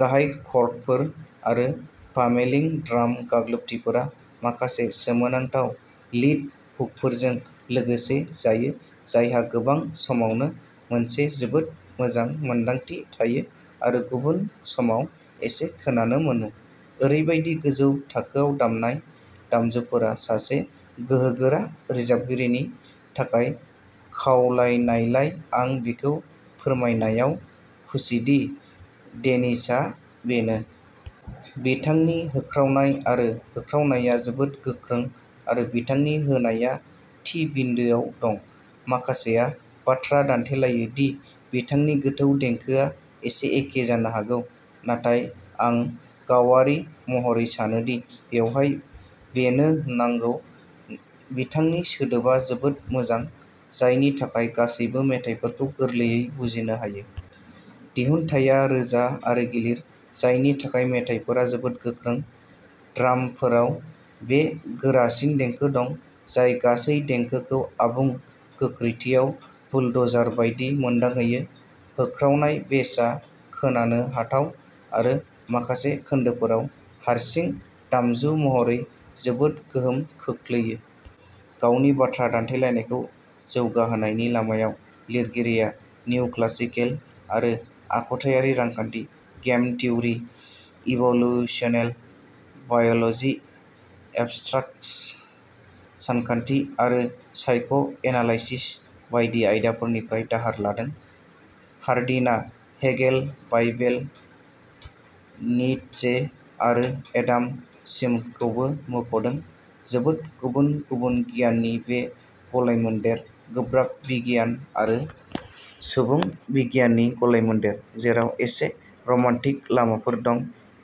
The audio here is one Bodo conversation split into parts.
गाहाय कर्डफोर आरो पामेलिं ड्राम गाग्लोबथिफोरा माखासे सोमोनांथाव लीड हुकफोरजों लोगोसे जायो, जायहा गोबां समावनो मोनसे जोबोद मोजां मोनदांथि थायो आरो गुबुन समाव एसे खोनानो मोनो। ओरैबायदि गोजौ थाखोआव दामनाय दामजुफोरा सासे गोहोगोरा रोजाबगिरिनि थाखाय खावलायनायलाय आं बेखौ फोरमायनायाव खुसिदि डेनिसआ बेनो। बिथांनि होख्रावनाय आरो होख्रावनायआ जोबोद गोख्रों आरो बिथांनि होनायआ थि बिन्दोआव दं। माखासेया बाथ्रा दान्थेलायो दि बिथांनि गोथौ देंखोआ एसे एखे जानो हागौ, नाथाय आं गावारि महरै सानो दि बेवहाय बेनो नांगौ। बिथांनि सोदोबा जोबोद मोजां, जायनि थाखाय गासैबो मेथाइफोरखौ गोरलैयै बुजिनो हायो। दिहुनथाया रोजा आरो गिलिर, जायनि थाखाय मेथाइफोरा जोबोद गोख्रों। ड्रामफोराव बे गोरासिन देंखो दं, जाय गासै देंखोखौ आबुं गोख्रैथियाव बुलडजार बायदि मोनदांहोयो। होख्रावनाय बेसआ खोनानो हाथाव आरो माखासे खोन्दोफोराव हारसिं दामजु महरै जोबोद गोहोम खोख्लैयो। गावनि बाथ्रा दान्थेलायनायखौ जौगाहोनायनि लामायाव, लिरगिरिया निउक्लासिकेल आरो आखुथायारि रांखान्थि, game theory, evolutional biology, abstract सानखान्थि आरो साइक'एनालाइसिस बायदि आयदाफोरनिफ्राय दाहार लादों। हार्डिनआ हेगेल, बाइबेल, नीत्शे आरो एडाम स्मिथखौबो मुंख'दों। जोबोद गुबुन-गुबुन गियाननि बे गलायमोन्देर, गोब्राब बिगियान आरो सुबुं बिगियाननि गलायमोन्देर, जेराव एसे रमान्टिक लामाफोर दं,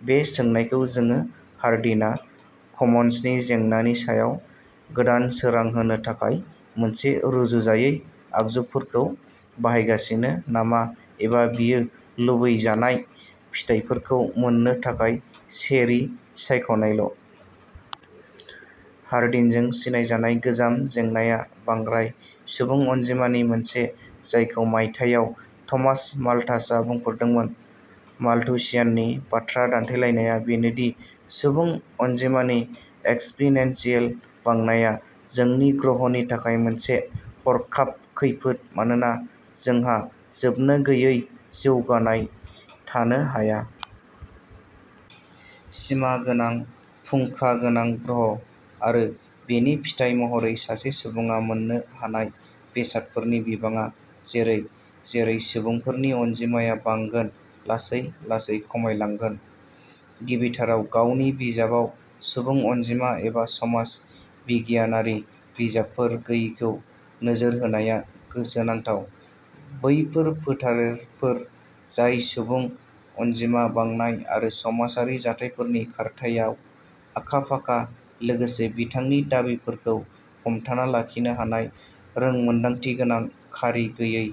बे सोंनायखौ सोङो-हार्डिनआ कमन्सनि जेंनानि सायाव गोदान सोरां होनो थाखाय मोनसे रुजुजायै आगजुफोरखौ बाहायगासिनो नामा एबा बियो लुबैजानाय फिथाइफोरखौ मोननो थाखाय चेरी सायख'नायल '? हार्डिनजों सिनायजानाय'गोजाम जेंना'आ बांद्राय सुबुं अनजिमानि मोनसे, जायखौ मायथाइयाव थमास माल्थासआ बुंफोरदोंमोन। माल्थुसियाननि बाथ्रा दान्थेलायनाया बेनो दि सुबुं अनजिमानि एक्सपोनेनशियेल बांनाया जोंनि ग्रहनि थाखाय मोनसे हरखाब खैफोद मानोना नोंहा जोबनोगैयै जौगानाय थानो हाया। सिमा गोनां फुंखा गोनां ग्रह; आरो, बेनि फिथाइ महरै, सासे सुबुङा मोन्नो हानाय बेसादफोरनि बिबाङा जेरै-जेरै सुबुंफोरनि अनजिमाया बांगोन लासै-लासै खमायलांगोन। गिबिथाराव, गावनि बिजाबाव सुबुं अनजिमा एबा समाज बिगियानारि बिजाबफोर गैयैखौ नोजोर होनाया गोसोनांथाव, बैफोर फोथारफोर जाय सुबुं अनजिमा बांनाय आरो समाजारि जाथायफोरनि खारथाइआव आखा-फाखा; लोगोसे बिथांनि दाबिफोरखौ हमथाना लाखिनो हानाय रोंमोनदांथिगोनां खारि गैयै।